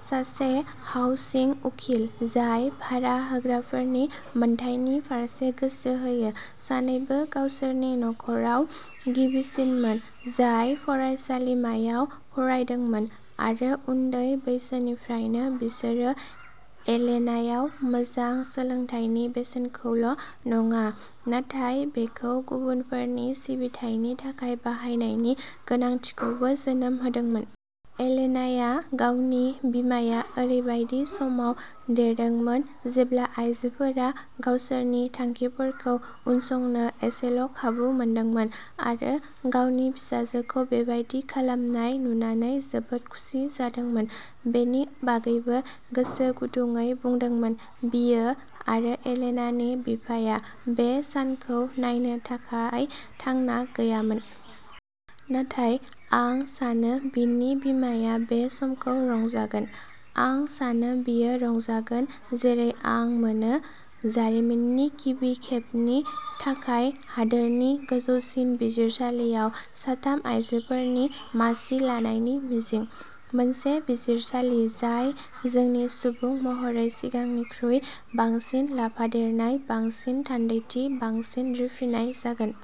सासे हाउसिं उखिल, जाय भारा होग्राफोरनि मोनथायनि फारसे गोसो होयो। सानैबो गावसोरनि नख'राव गिबिसिनमोन जाय फरायसालिमायाव फरायदोंमोन। आरो उन्दै बैसोनिफ्रायनो, बिसोरो एलेनायाव मोजां सोलोंथायनि बेसेनखौल'नङा, नाथाय बेखौ गुबुनफोरनि सिबिथायनि थाखाय बाहायनायनि गोनांथिखौबो जोनोम होदोंमोन। एलेनाया गावनि बिमाया ओरैबायदि समाव देरदोंमोन जेब्ला आइजोफोरा गावसोरनि थांखिफोरखौ उनसंनो एसेल'खाबु मोनदोंमोन आरो गावनि फिसाजोखौ बेबादि खालामनाय नुनानै जोबोद खुसि जादोंमोन बेनि बागैबो गोसो गुदुंयै बुंदोंमोन। बियो, आरो एलेनानि बिफाया, बे सानखौ नायनो थाखाय थांना गैयामोन। नाथाय आं सानो बिनि बिमाया बे समखौ रंजागोन। आं सानो बियो रंजागोन-- जेरै आं मोनो-- जारिमिननि गिबि खेबनि थाखाय हादोरनि गोजौसिन बिजिरसालियाव साथाम आयजोफोरनि मासि लानायनि मिजिं। मोनसे बिजिरसालि जाय जोंनि सुबुं महरै सिगांनिख्रुइ बांसिन लाफादेरनाय, बांसिन थान्दैथि, बांसिन रिफिनाय जागोन।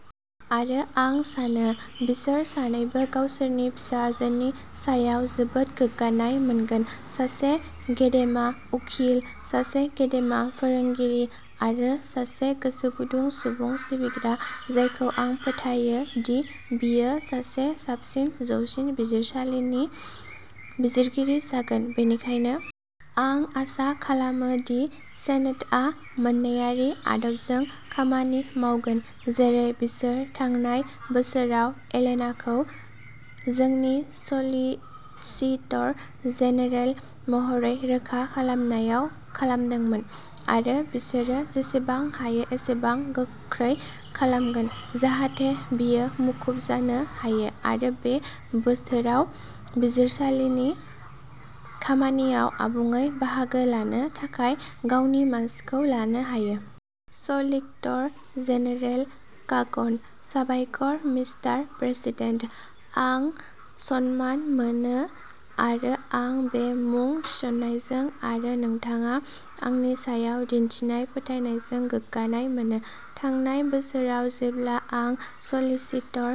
आरो आं सानो। बिसोर सानैबो गावसोरनि फिसाजोनि सायाव जोबोद गोग्गानाय मोनगोन-सासे गेदेमा उखिल, सासे गेदेमा फोरोंगिरि, आरो सासे गोसोगुदुं सुबुं सिबिग्रा, जायखौ आं फोथायो दि बियो सासे साबसिन जौसिन बिजिरसालिनि बिजिरगिरि जागोन। बेनिखायनो आं आसा खालामो दि सेनेटआ मोन्नैआरि आदबजों खामानि मावगोन, जेरै बिसोर थांनाय बोसोराव एलेनाखौ जोंनि सलिसिटर जेनेरेल महरै रोखा खालामनायाव खालामदोंमोन, आरो बिसोरो जेसेबां हायो एसेबां गोख्रै खालामगोन, जाहाथे बियो मुखुब जानो हायो आरो बे बोथोराव बिजिरसालिनि खामानियाव आबुङै बाहागो लानो थाखाय गावनि मासिखौ लानो हायो। सलिक्टर जेनेरेल कागनः साबायखर, मिस्टार प्रेसिदेन्ट। आं सनमान मोनो आरो आं बे मुं थिसननायजों आरो नोंथाङा आंनि सायाव दिन्थिनाय फोथायनायजों गोग्गानाय मोनो। थांनाय बोसोराव जेब्ला आं सलिसिटर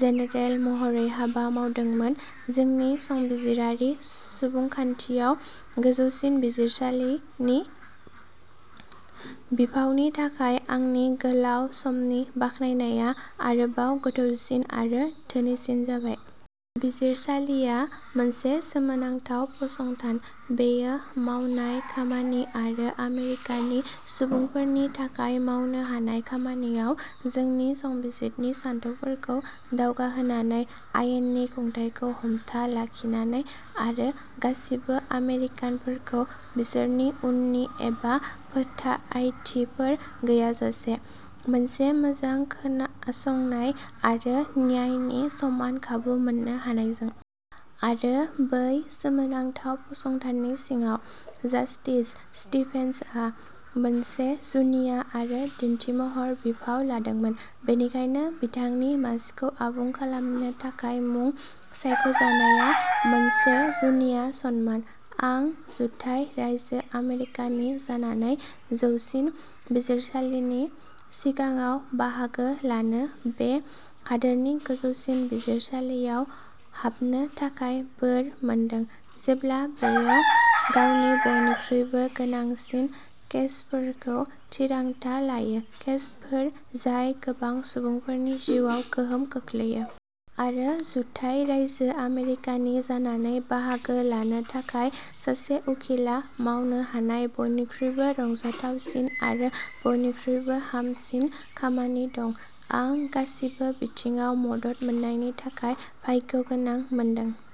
जेनेरेल महरै हाबा मावदोंमोन, जोंनि संबिजिरारि सुबुंखान्थियाव गोजौसिन बिजिरसालिनि बिफावनि थाखाय आंनि गोलाव समनि बाख्नायनाया आरोबाव गोथौसिन आरो धोनिसिन जाबाय। बिजिरसालिया मोनसे सोमोनांथाव फसंथान। बेयो मावनाय खामानि आरो आमेरिकानि सुबुंफोरनि थाखाय मावनो हानाय खामानियाव जोंनि संबिजिदनि सानथौफोरखौ दावगाहोनानै, आयेननि खुंथायखौ हमथाना लाखिनानै, आरो गासिबो आमेरिकानफोरखौ, बिसोरनि उननि एबा फोथायथिफोर गैयाजासे, मोनसे मोजां खोनासंनाय आरो न्यायनि समान खाबु मोन्नो हानायजों। आरो बै सोमोनांथाव फसंथाननि सिङाव, जास्टिस स्टिभेन्सआ मोनसे जुनिया आरो दिन्थिमहर बिफाव लादोंमोन। बेनिखायनो, बिथांनि मासिखौ आबुं खालामनो थाखाय मुं सायख'जानायआ मोनसे जुनिया सनमान। आं जुथाइ रायजो आमेरिकानि जानानै जौसिन बिजिरसालिनि सिगाङाव बाहागो लानो, बे हादोरनि गोजौसिन बिजिरसालियाव हाबनो थाखाय बोर मोनदों, जेब्ला बेयो गावनि बयनिख्रुइबो गोनांसिन केसफोरखौ थिरांथा लायो, केसफोर जाय गोबां सुबुंफोरनि जिउआव गोहोम खोख्लैयो। आरो जुथाइ रायजो आमेरिकानि जानानै बाहागो लानो थाखाय सासे उखिलआ मावनो हानाय बयनिख्रुइबो रंजाथावसिन आरो बयनिख्रुइबो हामसिन खामानि दं। आं गासिबो बिथिङाव मदद मोन्नायनि थाखाय भाग्यगोनां मोनदों।